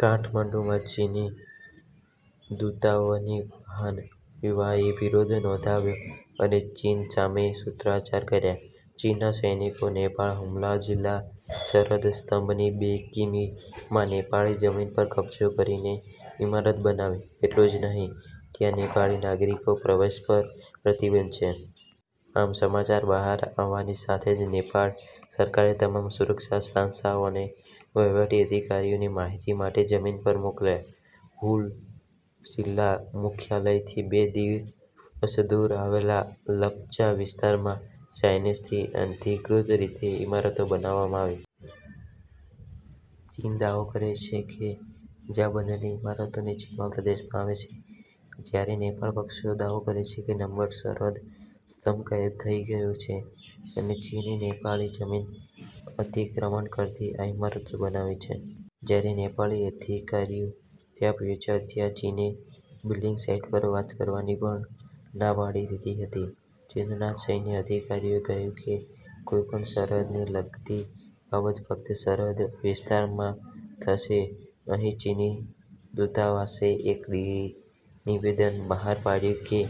કાઠમંડુમાં ચીની દૂતાવાસની બહાર યુવાનોએ વિરોધ નોંધાવ્યો અને ચીન સામે સૂત્રોચ્ચાર કર્યા. ચીનના સૈનિકોએ નેપાળના હુમલા જિલ્લામાં સરહદ સ્તંભની બે કિ. મી. માં નેપાળી જમીન પર કબજો કરીને ઇમારત બનાવી છે. એટલું જ નહીં, ત્યાં નેપાળી નાગરિકોના પ્રવેશ પર પણ પ્રતિબંધ છે. આ સમાચાર બહાર આવતાની સાથે જ નેપાળ સરકારે તમામ સુરક્ષા સંસ્થાઓ અને વહીવટી અધિકારીઓને માહિતી માટે જમીન પર મોકલ્યા. હુલા જિલ્લાના મુખ્યાલયથી બે દિવસ દૂર આવેલા લપ્ચા વિસ્તારમાં, ચાઇનાથી અનધિકૃત રીતે ઇમારતો બનાવવામાં આવી છે. ચીન દાવો કરે છે કે, જ્યાં બનેલી ઇમારતો તે ચીનના પ્રદેશમાં આવે છે, જ્યારે નેપાળી પક્ષનો દાવો છે કે, નંબરની સરહદ સ્તંભ ગાયબ થઈ ગયો છે અને ચીને નેપાળની જમીનને અતિક્રમણ કરતી આ ઇમારતો બનાવી છે. જ્યારે નેપાળી અધિકારીઓ ત્યાં પહોંચ્યા ત્યારે ચીને બિલ્ડિંગ સાઇટ પર વાત કરવાની પણ ના પાડી દીધી હતી. ચીનના સૈન્ય અધિકારીઓએ કહ્યું કે, કોઈપણ સરહદને લગતી બાબત ફક્ત સરહદ વિસ્તારમાં થશે. અહીં, ચીની દૂતાવાસે એક નિવેદન બહાર પાડ્યું છે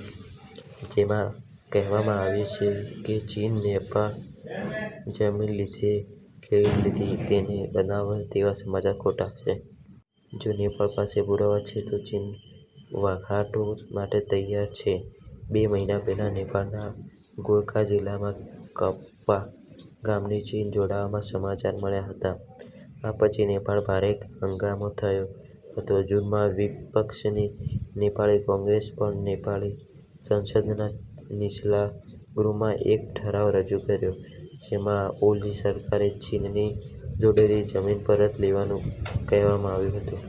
જેમાં કહેવામાં આવ્યું છે કે, ચીને નેપાળની જમીનને ઘેરી લીધી છે અને તેને બનાવ્યો તેવા સમાચાર ખોટા છે. જો નેપાળ પાસે પુરાવા છે, તો ચીન વાટાઘાટો માટે તૈયાર છે. બે મહિના પહેલા, નેપાળના ગોરખા જિલ્લાના કપ્પા ગામમાં ચીન જોડાવાના સમાચાર મળ્યા હતા. આ પછી નેપાળમાં ભારે હંગામો થયો હતો. જૂનમાં, વિપક્ષની નેપાળી કોંગ્રેસે પણ નેપાળી સંસદના નીચલા ગૃહમાં એક ઠરાવ રજૂ કર્યો, જેમાં ઓલી સરકારને ચીનની જોડેલી જમીન પરત લેવાનું કહેવામાં આવ્યું હતું.